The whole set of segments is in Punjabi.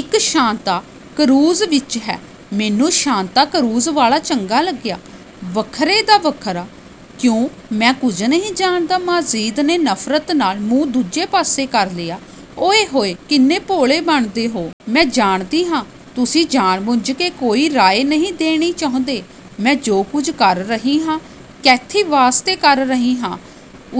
"ਇੱਕ ਸ਼ਾਂਤਾ ਕਰੂਜ਼ ਵਿੱਚ ਹੈ। ਮੈਨੂੰ ਸ਼ਾਂਤਾ ਕਰੂਜ਼ ਵਾਲਾ ਚੰਗਾ ਲੱਗਿਆ। ਵੱਖਰੇ ਦਾ ਵੱਖਰਾ, ਕਿਉਂ?" "ਮੈਂ ਕੁਝ ਨਹੀਂ ਜਾਣਦਾ।" ਮਾਜਿਦ ਨੇ ਨਫ਼ਰਤ ਨਾਲ ਮੂੰਹ ਦੂਜੇ ਪਾਸੇ ਕਰ ਲਿਆ। "ਓਇ-ਹੋਇ, ਕਿੰਨੇ ਭੋਲੇ ਬਣਦੇ ਹੋ! ਮੈਂ ਜਾਣਦੀ ਹਾਂ, ਤੁਸੀਂ ਜਾਣ-ਬੁੱਝ ਕੇ ਕੋਈ ਰਾਏ ਨਹੀਂ ਦੇਣੀ ਚਾਹੁੰਦੇ। ਮੈਂ ਜੋ ਕੁਝ ਕਰ ਰਹੀ ਹਾਂ, ਕੈਥੀ ਵਾਸਤੇ ਕਰ ਰਹੀ ਹਾਂ।"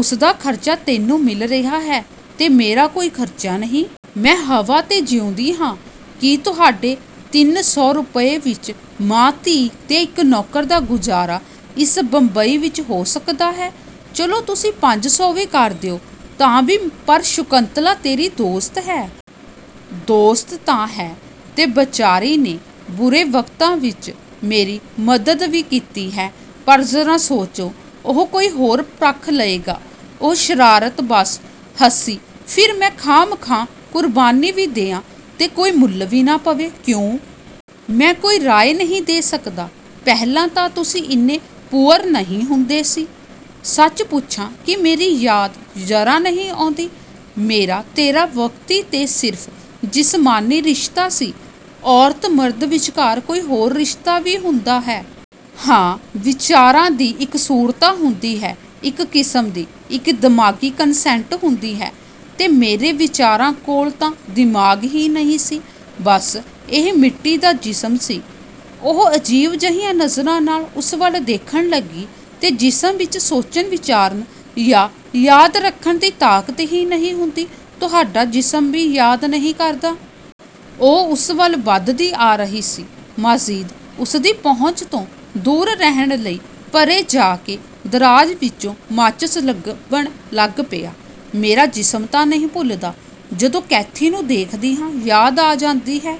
"ਉਸਦਾ ਖਰਚਾ ਤੈਨੂੰ ਮਿਲ ਰਿਹਾ ਹੈ।" "ਤੇ ਮੇਰਾ ਕੋਈ ਖਰਚਾ ਨਹੀਂ? ਮੈਂ ਹਵਾ 'ਤੇ ਜਿਊਂਦੀ ਹਾਂ? ਕੀ ਤੁਹਾਡੇ ਤਿੰਨ ਸੌ ਰੁਪਏ ਵਿੱਚ ਮਾਂ-ਧੀ ਤੇ ਇੱਕ ਨੌਕਰ ਦਾ ਗੁਜ਼ਾਰਾ ਇਸ ਬੰਬਈ ਵਿੱਚ ਹੋ ਸਕਦਾ ਹੈ? ਚਲੋ ਤੁਸੀਂ ਪੰਜ ਸੌ ਵੀ ਕਰ ਦਿਓ, ਤਾਂ ਵੀ?" "ਪਰ ਸ਼ਕੁੰਤਲਾ ਤੇਰੀ ਦੋਸਤ ਹੈ।" "ਦੋਸਤ ਤਾਂ ਹੈ, ਤੇ ਵਿਚਾਰੀ ਨੇ ਬੁਰੇ ਵਕਤਾਂ ਵਿੱਚ ਮੇਰੀ ਮਦਦ ਵੀ ਕੀਤੀ ਹੈ ਪਰ ਜ਼ਰਾ ਸੋਚੋ, ਉਹ ਕੋਈ ਹੋਰ ਰੱਖ ਲਏਗਾ।" ਉਹ ਸ਼ਰਾਰਤ ਵੱਸ ਹੱਸੀ, "ਫਿਰ ਮੈਂ ਖਾਹਮ-ਖਾਹ ਕੁਰਬਾਨੀ ਵੀ ਦਿਆਂ ਤੇ ਕੋਈ ਮੁੱਲ ਵੀ ਨਾ ਪਵੇ, ਕਿਉਂ?" "ਮੈਂ ਕੋਈ ਰਾਏ ਨਹੀਂ ਦੇ ਸਕਦਾ।" "ਪਹਿਲਾਂ ਤਾਂ ਤੁਸੀਂ ਇੰਨੇ 'ਪੁਅਰ' ਨਹੀਂ ਹੁੰਦੇ ਸੀ। ਸੱਚ ਪੁੱਛਾਂ, ਕੀ ਮੇਰੀ ਯਾਦ ਜ਼ਰਾ ਨਹੀਂ ਆਉਂਦੀ?" "ਮੇਰਾ ਤੇਰਾ ਵਕਤੀ ਤੇ ਸਿਰਫ਼ ਜਿਸਮਾਨੀ ਰਿਸ਼ਤਾ ਸੀ।" "ਔਰਤ-ਮਰਦ ਵਿੱਚਕਾਰ ਕੋਈ ਹੋਰ ਰਿਸ਼ਤਾ ਵੀ ਹੁੰਦਾ ਹੈ?" "ਹਾਂ, ਵਿਚਾਰਾਂ ਦੀ ਇਕਸੁਰਤਾ ਹੁੰਦੀ ਹੈ, ਇੱਕ ਕਿਸਮ ਦੀ, ਇੱਕ ਦਿਮਾਗ਼ੀ ਕਨਸੈਂਟ ਹੁੰਦੀ ਹੈ।" "ਤੇ ਮੇਰੇ ਵਿਚਾਰਾਂ ਕੋਲ ਤਾਂ ਦਿਮਾਗ਼ ਹੀ ਨਹੀਂ ਸੀ। ਬੱਸ ਇਹ ਮਿੱਟੀ ਦਾ ਜਿਸਮ ਸੀ" ਉਹ ਅਜੀਬ ਜਿਹੀਆਂ ਨਜ਼ਰਾਂ ਨਾਲ ਉਸ ਵੱਲ ਦੇਖਣ ਲੱਗੀ, "ਤੇ ਜਿਸਮ ਵਿੱਚ ਸੋਚਣ-ਵਿਚਾਰਨ ਜਾਂ ਯਾਦ ਰੱਖਣ ਦੀ ਤਾਕਤ ਹੀ ਨਹੀਂ ਹੁੰਦੀ, ਤੁਹਾਡਾ ਜਿਸਮ ਵੀ ਯਾਦ ਨਹੀਂ ਕਰਦਾ?" ਉਹ ਉਸ ਵੱਲ ਵਧਦੀ ਆ ਰਹੀ ਸੀ। ਮਾਜਿਦ ਉਸਦੀ ਪਹੁੰਚ ਤੋਂ ਦੂਰ ਰਹਿਣ ਲਈ ਪਰ੍ਹੇ ਜਾ ਕੇ ਦਰਾਜ਼ ਵਿੱਚੋਂ ਮਾਚਸ ਲੱਭਣ ਲੱਗ ਪਿਆ। "ਮੇਰਾ ਜਿਸਮ ਤਾਂ ਨਹੀਂ ਭੁੱਲਦਾ, ਜਦੋਂ ਕੈਥੀ ਨੂੰ ਦੇਖਦੀ ਹਾਂ ਯਾਦ ਆ ਜਾਂਦੀ ਹੈ।"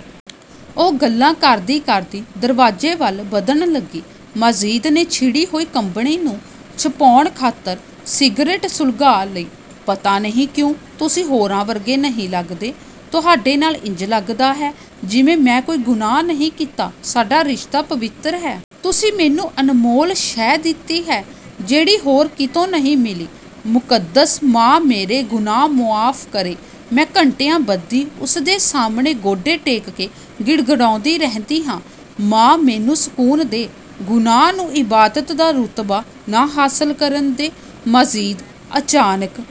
ਉਹ ਗੱਲਾਂ ਕਰਦੀ-ਕਰਦੀ ਦਰਵਾਜ਼ੇ ਵੱਲ ਵਧਣ ਲੱਗੀ। ਮਾਜਿਦ ਨੇ ਛਿੜੀ ਹੋਈ ਕੰਬਣੀ ਨੂੰ ਛਿਪਾਉਣ ਖਾਤਰ ਸਿਗਰਟ ਸੁਲਗਾ ਲਈ। "ਪਤਾ ਨਹੀਂ ਕਿਉਂ ਤੁਸੀਂ ਹੋਰਾਂ ਵਰਗੇ ਨਹੀਂ ਲੱਗਦੇ! ਤੁਹਾਡੇ ਨਾਲ ਇੰਜ ਲੱਗਦਾ ਹੈ ਜਿਵੇਂ ਮੈਂ ਕੋਈ ਗੁਨਾਹ ਨਹੀਂ ਕੀਤਾ, ਸਾਡਾ ਰਿਸ਼ਤਾ ਪਵਿੱਤਰ ਹੈ। ਤੁਸੀਂ ਮੈਨੂੰ ਅਨਮੋਲ ਸ਼ੈਅ ਦਿੱਤੀ ਹੈ, ਜਿਹੜੀ ਹੋਰ ਕਿਤੋਂ ਨਹੀਂ ਮਿਲੀ। ਮੁਕੱਦਸ ਮਾਂ ਮੇਰੇ ਗੁਨਾਹ ਮੁਆਫ਼ ਕਰੇ, ਮੈਂ ਘੰਟਿਆਂਬੱਧੀ ਉਸ ਦੇ ਸਾਹਮਣੇ ਗੋਡੇ ਟੇਕ ਕੇ ਗਿੜਗਿੜਾਉਂਦੀ ਰਹਿੰਦੀ ਹਾਂ,'ਮਾਂ ਮੈਨੂੰ ਸਕੂਨ ਦੇ, ਗੁਨਾਹ ਨੂੰ ਇਬਾਦਤ ਦਾ ਰੁਤਬਾ ਨਾ ਹਾਸਲ ਕਰਨ ਦੇ।' ਮਾਜਿਦ।" ਅਚਾਨਕ